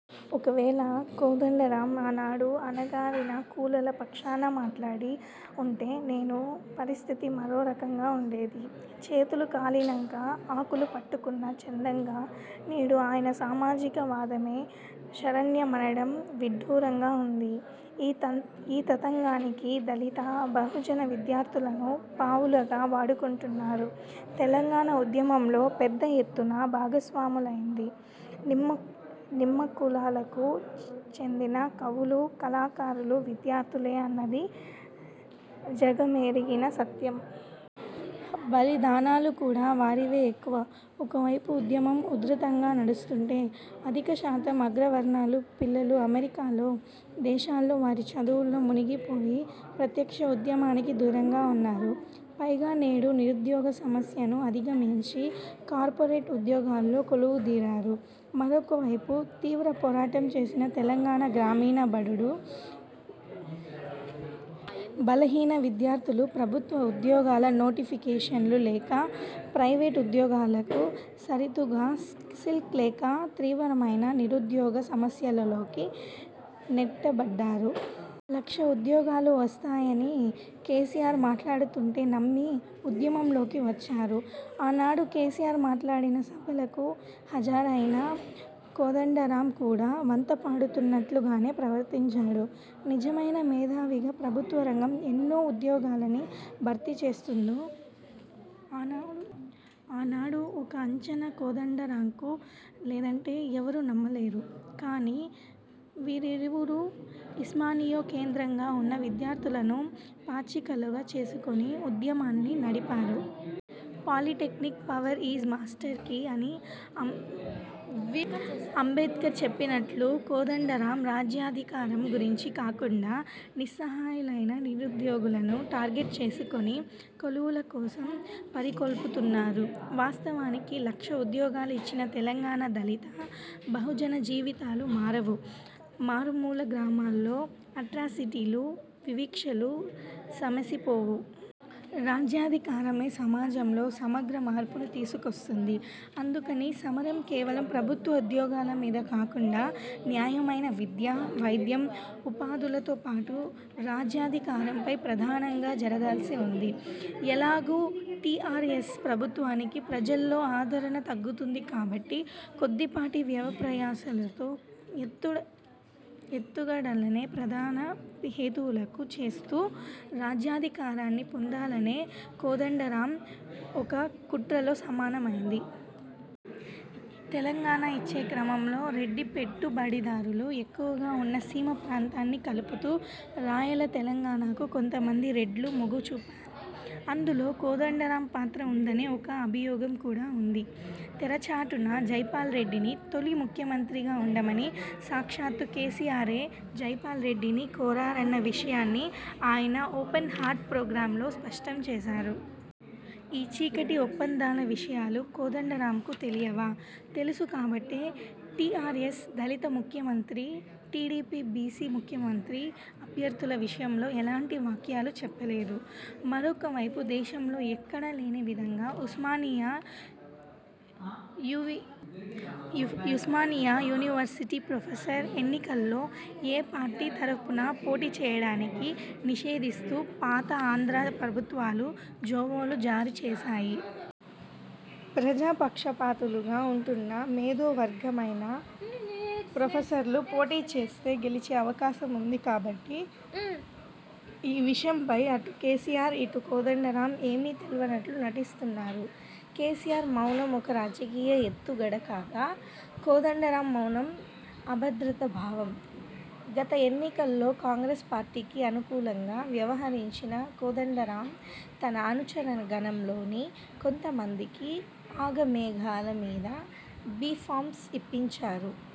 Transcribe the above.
ఒకవేళ కోదండరాం ఆనాడు అణగారిన కులాల పక్షాన మాట్లాడి ఉంటే నేడు పరిస్థితి మరోరకంగా ఉండేది. చేతులు కాలినంక ఆకులు పట్టుకున్న చందంగా నేడు ఆయన సామాజిక వాదమే శరణ్యమనడం విడ్డూరంగా ఉంది. ఈ తతంగానికి దళిత, బహుజన విద్యార్థులను పావులుగా వాడుకుంటున్నారు. తెలంగాణ ఉద్యమంలో పెద్ద ఎత్తున భాగస్వాములైంది నిమ్నకులాలకు చెందిన కవులు, కళాకారులు, విద్యార్థులే అన్నది జగమెరిగిన సత్యం. బలిదానాలు కూడా వారివే ఎక్కువ. ఒకవైపు ఉద్యమం ఉధృతంగా నడుస్తుంటే, అధికశాతం అగ్రవర్ణాల పిల్లలు అమెరికా దేశాల్లో వారి చదువుల్లో మునిగిపోయి ప్రత్యక్ష ఉద్యమానికి దూరంగా ఉన్నారు. పైగా నేడు నిరుద్యోగ సమస్యను అధిగమించి కార్పొరేట్ ఉద్యోగాల్లో కొలువు దీరారు. మరొకవైపు తీవ్ర పోరాటం చేసిన తెలంగాణ గ్రామీణ బడుగు, బలహీన విద్యార్థులు ప్రభుత్వ ఉద్యోగాల నోటిఫికేషన్లు లేక, ప్రైవేటు ఉద్యోగాలకు సరితూగే స్కిల్ లేక తీవ్రమైన నిరుద్యోగ సమస్యలోకి నెట్టబడ్డారు. లక్ష ఉద్యోగాలు వస్తాయని కేసీఆర్ మాట్లాడుతుంటే నమ్మి ఉద్యమంలోకి వచ్చారు. ఆనాడు కేసీఆర్ మాట్లాడిన సభలకు హాజరైన కోదండరాం కూడా వంతపాడుతున్నట్లుగానే ప్రవర్తించాడు. నిజమైన మేధావిగా ప్రభుత్వ రంగం ఎన్ని ఉద్యోగాలను భర్తీ చేస్తుందో ఆనాడు ఒక అంచనా కోదండరాంకు లేదంటే ఎవరూ నమ్మలేరు. కానీ వీరిరువురూ ఉస్మానియా కేంద్రంగా ఉన్న విద్యార్థులను పాచికలుగా చేసుకుని ఉద్యమాన్ని నడిపారు. 'Political power is master key' అని అంబేడ్కర్ చెప్పినట్లు కోదండరాం రాజ్యాధికారం గురించి కాకుండా నిస్సహాయులైన నిరుద్యోగులను టార్గెట్ చేసుకుని కొలువుల కోసం పురికొల్పుతున్నారు. వాస్తవానికి లక్ష ఉద్యోగాలు ఇచ్చినా తెలంగాణ దళిత, బహుజన జీవితాలు మారవు. మారుమూల గ్రామాల్లో అట్రాసిటీలు, వివక్షలు సమసిపోవు. రాజ్యాధికారమే సమాజంలో సమగ్ర మార్పును తీసుకొస్తుంది. అందుకని సమరం కేవలం ప్రభుత్వ ఉద్యోగాల మీద కాకుండా నాణ్యమైన విద్య, వైద్యం, ఉపాధులతో పాటు రాజ్యాధికారంపై ప్రధానంగా జరగాల్సి ఉంది. ఎలాగూ టీఆర్ఎస్ ప్రభుత్వానికి ప్రజల్లో ఆదరణ తగ్గుతుంది కాబట్టి కొద్దిపాటి వ్యయప్రయాసలతో ఎత్తుగడలనే ప్రధాన హేతువులుగా చేస్తూ రాజ్యాధికారాన్ని పొందాలనే కోదండరాం వ్యూహం ఒక కుట్రతో సమానమైంది. తెలంగాణ ఇచ్చే క్రమంలో రెడ్డి పెట్టుబడిదారులు ఎక్కువగా ఉన్న సీమ ప్రాంతాన్ని కలుపుతూ రాయల తెలంగాణకు కొంతమంది రెడ్లు మొగ్గు చూపారు. అందులో కోదండరాం పాత్ర ఉందనే ఒక అభియోగం కూడా ఉంది. తెరచాటున జైపాల్రెడ్డిని తొలి ముఖ్యమంత్రిగా ఉండమని సాక్షాత్తూ కేసీఆరే జైపాల్ రెడ్డిని కోరారన్న విషయాన్ని ఆయన 'ఓపెన్ హార్ట్' ప్రోగ్రాంలో స్పష్టం చేశారు. ఈ చీకటి ఒప్పందాల విషయాలు కోదండరాంకు తెలియవా? తెలుసు కాబట్టే టీఆర్ఎస్ దళిత ముఖ్యమంత్రి, టీడీపీ బీసీ ముఖ్యమంత్రి అభ్యర్థుల విషయంలో ఎలాంటి వ్యాఖ్యలు చేయలేదు. మరొక వైపు దేశంలో ఎక్కడా లేని విధంగా ఉస్మానియా యూవివర్సిటీ ప్రొఫెసర్స్ ఎన్నికల్లో ఏ పార్టీ తరఫున పోటీ చేయడాన్ని నిషేధిస్తూ పాత ఆంధ్రా ప్రభుత్వాలు జీవోలు జారీ చేసాయి. ప్రజా పక్షపాతులుగా ఉంటున్న మేధో వర్గమైన ప్రొఫెసర్లు పోటీ చేస్తే గెలిచే అవకాశం ఉంది కాబట్టి ఈ విషయంపై అటు కేసీఆర్, ఇటు కోదండరాం ఏమీ తెల్వనట్లు నటిస్తున్నారు. కేసీఆర్ మౌనం ఒక రాజకీయ ఎత్తుగడ కాగా, కోదండరాం మౌనం అభద్రతా భావం. గత ఎన్నికల్లో కాంగ్రెస్ పార్టీకి అనుకూలంగా వ్యవహరించిన కోదండరాం తన అనుచరగణంలోని కొంతమందికి ఆగమేఘాల మీద బీ ఫామ్స్ ఇప్పించారు.